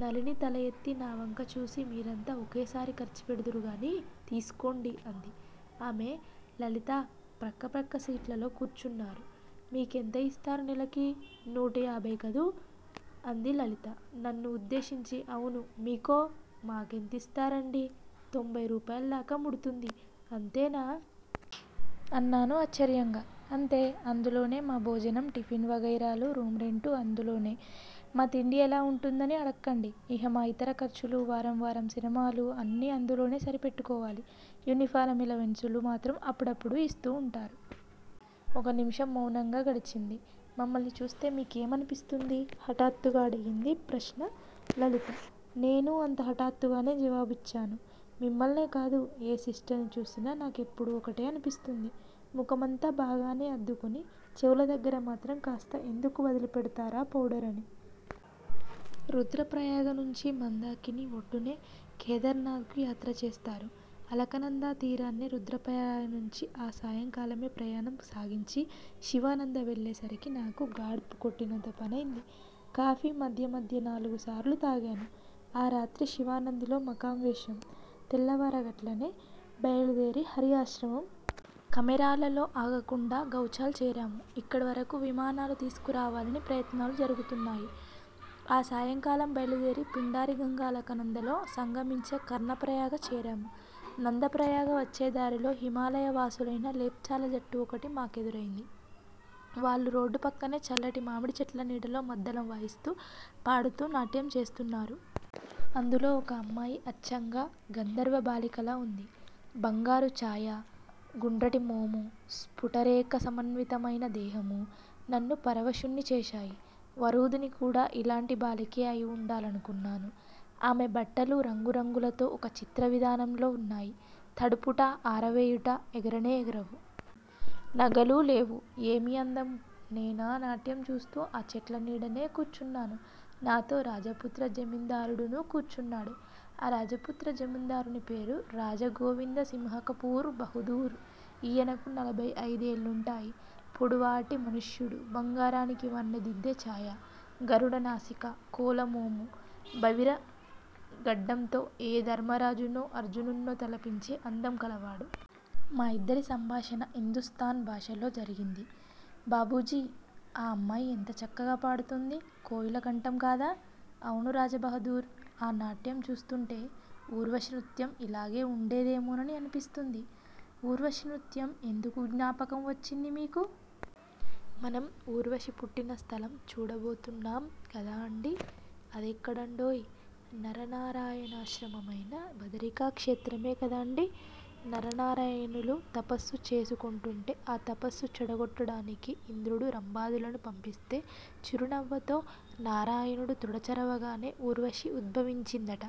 నళిని తల ఎత్తి నా వంక చూసి మీరంతా ఒకేసారి ఖర్చు పెడుదురుగానీ, తీసుకోండి అంది. ఆమె, లలితా ప్రక్క ప్రక్క సీట్లలో కూర్చున్నారు. మీకెంత యిస్తారు నెలకి? నూటయాభయి కదూ' అంది లలిత, నన్ను ఉద్దేశించి. అవును. మీకో? మా కెంతిస్తారండీ? తొంభయి రూపాయలదాకా ముడుతుంది అంతేనా? అన్నాను ఆశ్చర్యంగా. అంతే! అందులోనే మా భోజనం, టిఫిన్ వగైరాలు, రూమ్ రెంటూ అందులోనే. మా తిండి ఎలా వుంటుందని అడక్కండి. ఇహ మా యితర ఖర్చులూ, వారం వారం సినిమాలూ అన్నీ అందులోనే సరి పెట్టుకోవాలి, యూనిఫారం ఎలవెన్సులు మాత్రం అప్పుడప్పుడూ యిస్తూ వుంటారు. ఒక నిముషం మౌనంగా గడిచింది. మమ్మల్ని చూస్తే మీ కేమనిపిస్తుంది? హఠాత్తుగా అడిగిందీ ప్రశ్న లలిత. నేనూ అంత హఠాత్తుగానే జవాబిచ్చాను! మిమ్మల్నే కాదు, ఏ సిస్టర్ని చూసినా నా కెప్పుడూ ఒకటే అనిపిస్తుంది _ ముఖమంతా బాగానే అద్దుకుని చెవుల దగ్గర మాత్రం కాస్త ఎందుకు వదిలి పెడతారా పౌడర్ అని. రుద్రప్రయాగనుంచి మందాకిని ఒడ్డునే కేదారనాథ్ కు యాత్ర చేస్తారు. అలకనందా తీరాన్నే రుద్రప్రయాగనుంచి ఆ సాయంకాలమే ప్రయాణం సాగించి, శివానంద వెళ్ళేసరికి నాకు గాడ్పు కొట్టినంత పనైంది. కాఫీ మధ్య మధ్య నాలుగు సారులు తాగాను. ఆ రాత్రి శివానందిలో మకాం వేశాం. తెల్లవారగట్లనే బయలుదేరి హరి ఆశ్రమం. ఖమెరాలలో ఆగకుండా గౌచాల్ చేరాము. ఇక్కడవరకు విమానాలు తీసుకురావాలని ప్రయత్నాలు జరుగుతున్నాయి. ఆ సాయంకాలం బయలుదేరి, పిండారిగంగ అలకనందలో సంగమించే కర్ణప్రయాగ చేరాము. నందప్రయాగ వచ్చేదారిలో హిమాలయవాసులైన లేప్చాల జట్టు ఒకటి మా కెదురైంది. వాళ్ళు రోడ్డు ప్రక్కనే చల్లటి మామిడిచెట్ల నీడలో మద్దళం వాయిస్తూ పాడుతూ నాట్యం చేస్తున్నారు. అందులో ఒక అమ్మాయి అచ్చంగా గంధర్వ బాలికలా ఉంది. బంగారు చాయ, గుండ్రటి మోము, స్పుటరేఖా సమన్వితమైన దేహమూ నన్ను పరవశుణ్ణి చేశాయి. వరూధిని కూడా ఈలాంటి బాలికే అయి ఉండాలనుకున్నాను. ఆమె బట్టలు రంగు రంగులతో ఒక చిత్రవిధానంలో వున్నాయి, తడుపుట, ఆరవేయుట ఎగరనే ఎగరవు. నగలూ లేవు. ఏమి అందము! నేనా నాట్యం చూస్తూ ఆ చెట్లనీడనే కూర్చున్నాను. నాతో రాజపుత్ర జమీందారుడును కూర్చున్నాడు. ఆ రాజపుత్ర జమీందారుని పేరు రాజగోవిందసింహకపూర్ బహదూర్, ఈయనకు నలభై అయిదేళ్ళుంటాయి. పొడుగాటి మనుష్యుడు. బంగారానికి వన్నెదిద్దే చాయ. గరుడనాసిక, కోలమోము, బవిరి గడ్డంతో ఏ ధర్మరాజునో, అర్జునుణ్ణో తలపించే అందం కలవాడు. మా ఇద్దరి సంభాషణ హిందూస్థాన్ భాషలో జరిగింది. ''బాబూజీ! ఆ అమ్మాయి ఎంత చక్కగా పాడుతోంది. కోయిల కంఠం కాదా? '' ''అవును రాజబహదూర్! ఆ నాట్యం చూస్తోంటే ఊర్వశి నృత్యం ఈలాగే వుండేదేమోనని అనిపిస్తోంది. '' ''ఊర్వశి నృత్యం ఎందుకు జ్ఞాపకం వచ్చింది మీకు? '' ''మనం ఊర్వశి పుట్టిన స్థలం చూడబోతున్నాం గాదా అండి? '' ''అదేక్కడండోయ్?! '' ''నరనారాయణాశ్రమమైన బదరికా క్షేత్రమే కదాండి. నరనారాయణులు తపస్సు చేసుకొంటుంటే, ఆ తపస్సు చెడగొట్టడానికి ఇంద్రుడు రంబాదులను పంపిస్తే చిరునవ్వతో నారాయణుడు తొడ చరవగానే, ఊర్వశి ఉద్భవించిందట.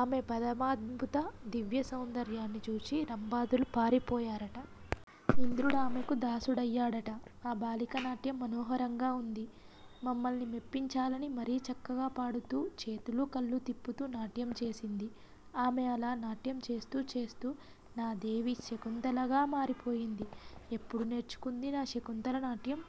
ఆమె పరమాద్భుత దివ్య సౌందర్యాన్ని చూచి రంబాదులు పారిపోయారట. ఇంద్రు డామెకు దాసుడయ్యాడట. ఆ బాలిక నాట్యం మనోహరంగా ఉంది. మమ్మల్ని మెప్పించాలని మరీ చక్కగా పాడుతూ, చేతులూ కళ్ళూ తిప్పుతూ నాట్యం చేసింది. ఆమె అలా నాట్యం చేస్తూ, చేస్తూ నాదేవి శకుంతలగా మారిపోయింది. ఎప్పుడు నేర్చుకుంది నా శకుంతల నాట్యం?